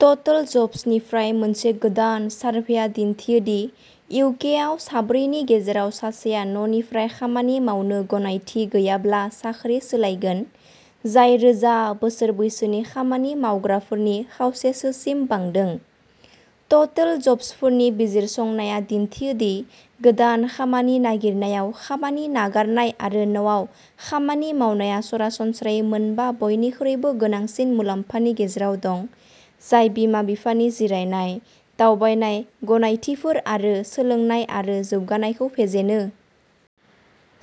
टोटलजब्सनिफ्राय मोनसे गोदान सारभेया दिन्थियो दि इउ. के. आव साब्रैनि गेजेराव सासेआ न'निफ्राय खामानि मावनो गनायथि गैयाब्ला साख्रि सोलायगोन, जाय रोजा बोसोर बैसोनि खामानि मावग्राफोरनि खावसेसोसिम बांदों। टोटलजब्स'नि बिजिरसंनाया दिन्थियो दि गोदान खामानि नागिरनायाव खामानि नागारनाय आरो न'आव खामानि मावनाया सरासनस्रायै मोनबा बयनिख्रुइबो गोनांसिन मुलाम्फानि गेजेराव दं, जाय बिमा-बिफानि जिरायनाय, दावबायनाय गनायथिफोर आरो सोलोंनाय आरो जौगानायखौ फेजेनो।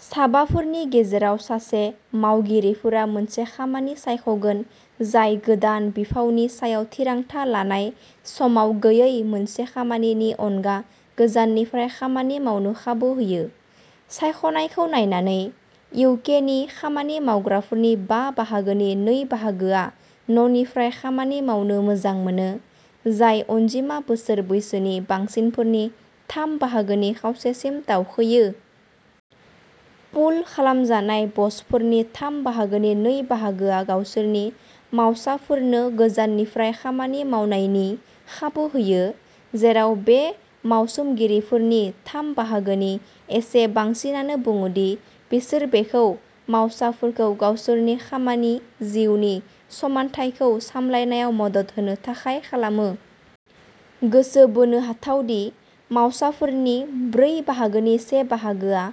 साबाफोरनि गेजेराव सासे मावगिरिफोरा मोनसे खामानि सायख'गोन जाय गोदान बिफावनि सायाव थिरांथा लानाय समाव गैयै मोनसे खामानिनि अनगा गोजाननिफ्राय खामानि मावनो खाबु होयो। सायख'नायखौ नायनानै, इउ. के. नि खामानि मावग्राफोरनि बा बाहागोनि नै बाहागोआ न'निफ्राय खामानि मावनो मोजां मोनो, जाय अनजिमा बोसोर बैसोनि बांसिनफोरनि थाम बाहागोनि खावसेसिम दावखोयो। पोल खालामजानाय बसफोरनि थाम बाहागोनि नै बाहागोआ गावसोरनि मावसाफोरनो गोजाननिफ्राय खामानि मावनायनि खाबु होयो, जेराव बे मावसोमगिरिफोरनि थाम बाहागोनि एसे बांसिनानो बुङो दि बिसोर बेखौ मावसाफोरखौ गावसोरनि खामानि-जिउनि समानथायखौ सामलायनायाव मदद होनो थाखाय खालामो। गोसो बोनो हाथाव दि, मावसाफोरनि ब्रै बाहागोनि से बाहागोआ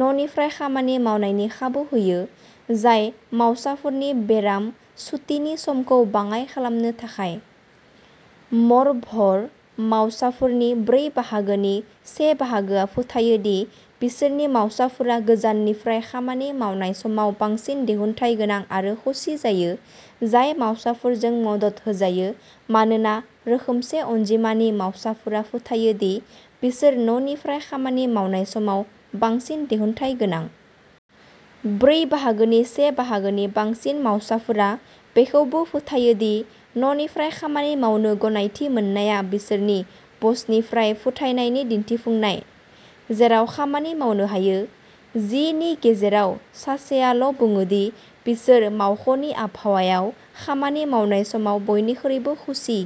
न'निफ्राय खामानि मावनायनि खाबु होयो, जाय मावसाफोरनि बेराम सुतिनि समखौ बाङाय खालामनो थाखाय। म'रभ'र, मावसाफोरनि ब्रै बाहागोनि से बाहागोआ फोथायो दि बिसोरनि मावसाफोरा गोजाननिफ्राय खामानि मावनाय समाव बांसिन दिहुनथायगोनां आरो खुसि जायो, जाय मावसाफोरजों मदद होजायो, मानोना रोखोमसे अनजिमानि मावसाफोरा फोथायो दि बिसोर न'निफ्राय खामानि मावनाय समाव बांसिन दिहुनथायगोनां। ब्रै बाहागोनि से बाहागोनि बांसिन मावसाफोरा बेखौबो फोथायो दि न'निफ्राय खामानि मावनो गनायथि मोननाया बिसोरनि बसनिफ्राय फोथायनायनि दिन्थिफुंनाय। जेराव खामानि मावनो हायो, जि नि गेजेराव सासेआल'बुङो दि बिसोर मावख'नि आबहावायाव खामानि मावनाय समाव बयनिख्रुइबो खुसि।